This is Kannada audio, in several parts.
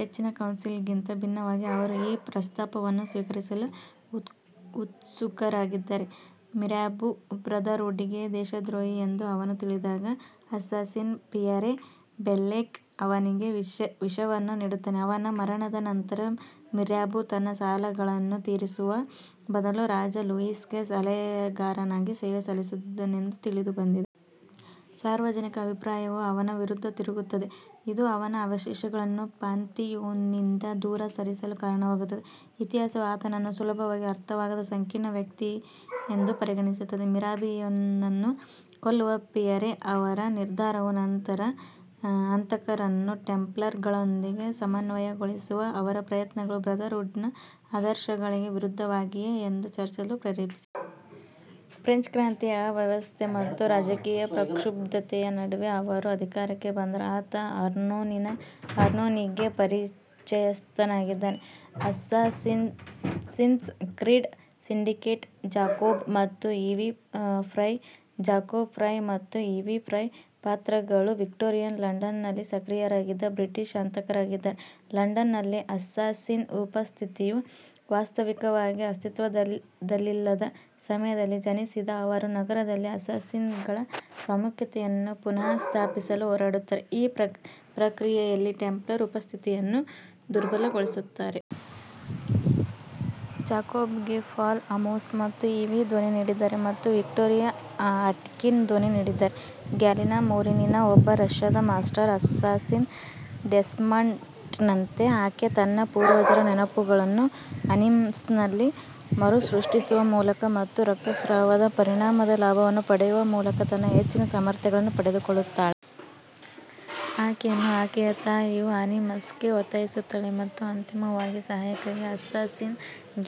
ಹೆಚ್ಚಿನ ಕೌನ್ಸಿಲ್ಗಿಂತ ಭಿನ್ನವಾಗಿ, ಅವರು ಈ ಪ್ರಸ್ತಾಪವನ್ನು ಸ್ವೀಕರಿಸಲು ಉತ್ಸುಕರಾಗಿದ್ದಾರೆ. ಮಿರಾಬ್ಯೂ ಬ್ರದರ್ಹುಡ್ಗೆ ದೇಶದ್ರೋಹಿ ಎಂದು ಅವನು ತಿಳಿದಾಗ, ಅಸ್ಸಾಸಿನ್ ಪಿಯರೆ ಬೆಲ್ಲೆಕ್ ಅವನಿಗೆ ವಿಷವನ್ನು ನೀಡುತ್ತಾನೆ. ಅವನ ಮರಣದ ನಂತರ, ಮಿರಾಬ್ಯೂ ತನ್ನ ಸಾಲಗಳನ್ನು ತೀರಿಸುವ ಬದಲು ರಾಜ ಲೂಯಿಸ್ ಗೆ ಸಲಹೆಗಾರನಾಗಿ ಸೇವೆ ಸಲ್ಲಿಸುತ್ತಿದ್ದನೆಂದು ತಿಳಿದುಬಂದಿದೆ. ಸಾರ್ವಜನಿಕ ಅಭಿಪ್ರಾಯವು ಅವನ ವಿರುದ್ಧ ತಿರುಗುತ್ತದೆ, ಇದು ಅವನ ಅವಶೇಷಗಳನ್ನು ಪಾಂಥಿಯೋನ್ನಿಂದ ದೂರ ಸರಿಸಲು ಕಾರಣವಾಗುತ್ತದೆ. ಇತಿಹಾಸವು ಆತನನ್ನು ಸುಲಭವಾಗಿ ಅರ್ಥವಾಗದ ಸಂಕೀರ್ಣ ವ್ಯಕ್ತಿಯೆಂದು ಪರಿಗಣಿಸುತ್ತದೆ. ಮಿರಾಬಿಯೊನನ್ನು ಕೊಲ್ಲುವ ಪಿಯರೆ ಅವರ ನಿರ್ಧಾರವು ನಂತರದ ಹಂತಕರನ್ನು ಟೆಂಪ್ಲರ್ಗಳೊಂದಿಗೆ ಸಮನ್ವಯಗೊಳಿಸುವ ಅವರ ಪ್ರಯತ್ನಗಳು ಬ್ರದರ್ಹುಡ್ನ ಆದರ್ಶಗಳಿಗೆ ವಿರುದ್ಧವಾಗಿವೆಯೇ ಎಂದು ಚರ್ಚಿಸಲು ಪ್ರೇರೇಪಿಸಿದೆ. ಫ್ರೆಂಚ್ ಕ್ರಾಂತಿಯ ಅವ್ಯವಸ್ಥೆ ಮತ್ತು ರಾಜಕೀಯ ಪ್ರಕ್ಷುಬ್ಧತೆಯ ನಡುವೆ ಅವರು ಅಧಿಕಾರಕ್ಕೆ ಬಂದರು. ಆತ ಅರ್ನೋನಿಗೆ ಪರಿಚಯಸ್ಥನಾಗಿದ್ದಾನೆ. ಅಸ್ಸಾಸಿನ್ಸ್ ಕ್ರೀಡ್ ಸಿಂಡಿಕೇಟ್ ಜಾಕೋಬ್ ಮತ್ತು ಈವಿ ಫ್ರೈ ಜಾಕೋಬ್ ಫ್ರೈ ಮತ್ತು ಈವಿ ಫ್ರೈ ಪಾತ್ರಗಳು ವಿಕ್ಟೋರಿಯನ್ ಲಂಡನ್ನಲ್ಲಿ ಸಕ್ರಿಯರಾಗಿದ್ದ ಬ್ರಿಟಿಷ್ ಹಂತಕರಾಗಿದ್ದಾರೆ. ಲಂಡನ್ನಲ್ಲಿ ಅಸ್ಸಾಸಿನ್ ಉಪಸ್ಥಿತಿಯು ವಾಸ್ತವಿಕವಾಗಿ ಅಸ್ತಿತ್ವದಲ್ಲಿಲ್ಲದ ಸಮಯದಲ್ಲಿ ಜನಿಸಿದ ಅವರು, ನಗರದಲ್ಲಿ ಅಸ್ಸಾಸಿನ್ಗಳ ಪ್ರಾಮುಖ್ಯತೆಯನ್ನು ಪುನಃಸ್ಥಾಪಿಸಲು ಹೋರಾಡುತ್ತಾರೆ, ಈ ಪ್ರಕ್ರಿಯೆಯಲ್ಲಿ ಟೆಂಪ್ಲರ್ ಉಪಸ್ಥಿತಿಯನ್ನು ದುರ್ಬಲಗೊಳಿಸುತ್ತಾರೆ. ಜಾಕೋಬ್ಗೆ ಪಾಲ್ ಅಮೋಸ್ ಮತ್ತು ಈವಿ ಧ್ವನಿ ನೀಡಿದ್ದಾರೆ ಮತ್ತು ವಿಕ್ಟೋರಿಯಾ ಅಟ್ಕಿನ್ ಧ್ವನಿ ನೀಡಿದ್ದಾರೆ. ಗ್ಯಾಲಿನಾ ವೊರೊನಿನಾ ಒಬ್ಬ ರಷ್ಯಾದ ಮಾಸ್ಟರ್ ಅಸ್ಸಾಸಿನ್. ಡೆಸ್ಮಂಡ್ನಂತೆ, ಆಕೆ ತನ್ನ ಪೂರ್ವಜರ ನೆನಪುಗಳನ್ನು ಅನಿಮಸ್ನಲ್ಲಿ ಮರುಸೃಷ್ಟಿಸುವ ಮೂಲಕ ಮತ್ತು ರಕ್ತಸ್ರಾವದ ಪರಿಣಾಮದ ಲಾಭವನ್ನು ಪಡೆಯುವ ಮೂಲಕ ತನ್ನ ಹೆಚ್ಚಿನ ಸಾಮರ್ಥ್ಯಗಳನ್ನು ಪಡೆದುಕೊಳ್ಳುತ್ತಾಳೆ. ಆಕೆಯನ್ನು ಆಕೆಯ ತಾಯಿಯು ಆನಿಮಸ್ಗೆ ಒತ್ತಾಯಿಸುತ್ತಾಳೆ ಮತ್ತು ಅಂತಿಮವಾಗಿ ಸಹಾಯಕ್ಕಾಗಿ ಅಸ್ಸಾಸಿನ್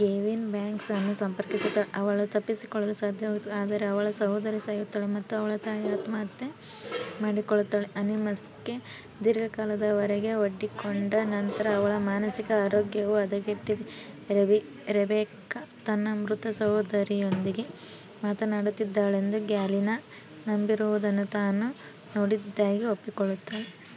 ಗೇವಿನ್ ಬ್ಯಾಂಕ್ಸ್ ಅನ್ನು ಸಂಪರ್ಕಿಸುತ್ತಾಳೆ. ಅವಳು ತಪ್ಪಿಸಿಕೊಳ್ಳಲು ಸಾಧ್ಯವಾಗುತ್ತದೆ, ಆದರೆ ಅವಳ ಸಹೋದರಿ ಸಾಯುತ್ತಾಳೆ ಮತ್ತು ಅವಳ ತಾಯಿ ಆತ್ಮಹತ್ಯೆ ಮಾಡಿಕೊಳ್ಳುತ್ತಾಳೆ. ಅನಿಮಸ್ಗೆ ದೀರ್ಘಕಾಲದವರೆಗೆ ಒಡ್ಡಿಕೊಂಡ ನಂತರ, ಅವಳ ಮಾನಸಿಕ ಆರೋಗ್ಯವು ಹದಗೆಟ್ಟಿದೆ; ರೆಬೆಕ್ಕಾ ತನ್ನ ಮೃತ ಸಹೋದರಿಯೊಂದಿಗೆ ಮಾತನಾಡುತ್ತಿದ್ದಾಳೆಂದು ಗ್ಯಾಲಿನಾ ನಂಬಿರುವುದನ್ನು ತಾನು ನೋಡಿದ್ದಾಗಿ ಒಪ್ಪಿಕೊಳ್ಳುತ್ತಾಳೆ.